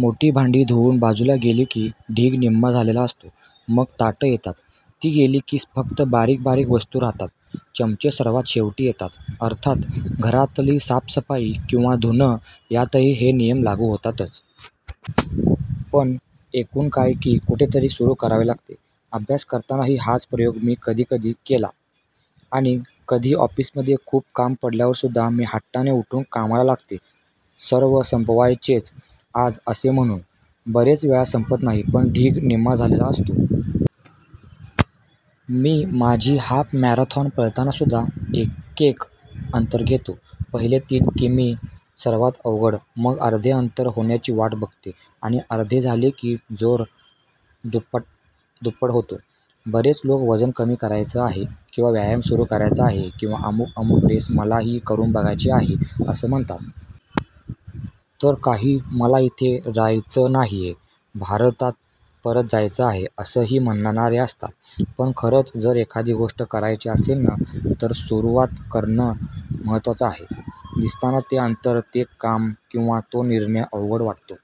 मोठी भांडी धुवून बाजूला गेली की ढीग निम्मा झालेला असतो. मग ताटं येतात. ती गेली की फक्त बारीक बारीक वस्तू राहतात. चमचे सर्वात शेवटी येतात. अर्थात घरातली साफसफाई किंवा धुणं यांतही हे नियम लागू होतातच. पण एकून काय की कुठेतरी सुरू करावं लागतं. अभ्यास करतानाही हाच प्रयोग मी कधीकधी केला आणि कधी ऑफिसमध्ये खूप काम पडल्यावर सुद्धा मी हट्टाने उठून कामाला लागते सर्व संपवायचेच आज असे म्हणून. बरेच वेळा संपत नाही पण ढीग निम्मा झालेला असतो. मी माझी हाफ मॅरेथॉन पळताना सुद्धा एकेक अंतर घेते. पहिले तीन किमी सर्वात अवघड मग अर्धे अंतर होण्याची वाट बघते आणि अर्धे झाले की जोर दुप्पट होतो. बरेच लोक वजन कमी करायचं आहे किंवा व्यायाम सुरू करायचा आहे किंवा अमुक अमुक रेस मलाही करून बघायची आहे असं म्हणतात. तर काही मला इथे राहायचं नाहीये, भारतात परत जायचं आहे असंही म्हणणारे असतात पण खरंच जर एखादी गोष्ट करायची असेल न तर सुरुवात करणं महत्त्वाचं आहे. दिसताना ते अंतर, ते काम किंवा तो निर्णय अवघड वाटतो.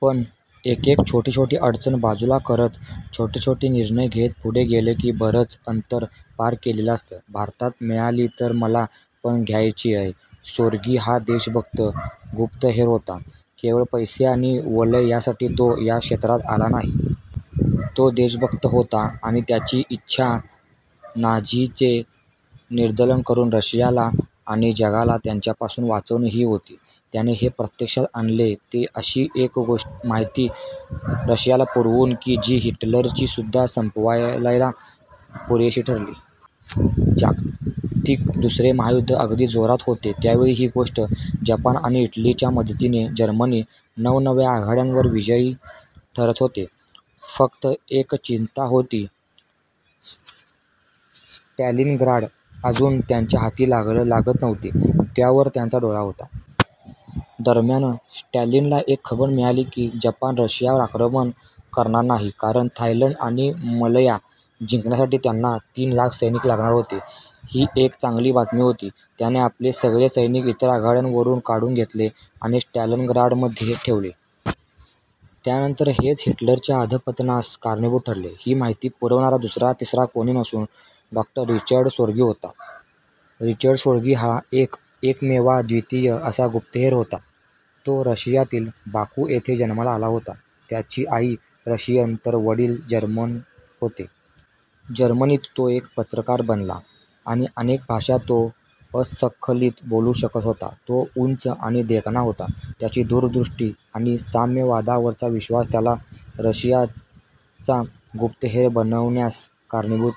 पण एकेक छोटी छोटी अडचण बाजूला करत, छोटे छोटे निर्णय घेत पुढे गेलं की बरंच अंतर पार केलेलं असतं. भारतात मिळाली तर मला पण घ्यायचीय. सोर्गि हा देशभक्त गुप्तहेर होता. केवळ पैसे आणि वलय यासाठी तो या क्षेत्रात आला नाही. तो देशभक्त होता आणि त्याची इच्छा नाझींचे निर्दालन करून रशियाला आणि जगाला त्यांच्यापासून वाचवणे ही होती. त्याने हे प्रत्यक्षात आणले ते अशी एक माहिती रशियाला पुरवून की जी हिटलरची सद्दी संपवायला पुरेशी ठरली. जागतिक दुसरे महायुद्ध अगदी जोरात होते त्यावेळची ही गोष्ट. जपान आणि इटलीच्या मदतीने जर्मनी नवनव्या आघाड्यांवर विजयी ठरत होते. फक्त एक चिंता होती, स्टॅलिनग्राड अजून त्यांच्या हाती लागत नव्हते. त्यावर त्यांचा डोळा होता. दरम्यान स्टॅलिनला एक खबर मिळाली की जपान रशियावर आक्रमण करणार नाही कारण थायलंड आणि मलया जिंकण्यासाठी त्यांना तीन लाख सैनिक लागणार होते. ही एक चांगली बातमी होती. त्याने आपले सगळे सैनिक इतर आघाड्यांवरून काढून घेतले आणि स्टॅलिनग्राडमध्ये ठेवले. त्यानंतर तेच हिटलरच्या अधःपतनास कारणीभूत ठरले. ही माहिती पुरवणारा दुसरा तिसरा कोणी नसून डॉ. रिचर्ड सोर्गि होता. रिचर्ड सोर्गि हा एक एकमेवाद्वितीय असा गुप्तहेर होता. तो रशियातील बाकू येथे जन्माला आला होता. त्याची आई रशियन तर वडील जर्मन होते. जर्मनीत तो एक पत्रकार बनला आणि अनेक भाषा तो अस्खलित बोलू शकत होता. तो उंच आणि देखणा होता. त्याची दूरदृष्टी आणि साम्यवादावरचा विश्वास त्याला रशियाचा गुप्तहेर बनवण्यास कारणीभूत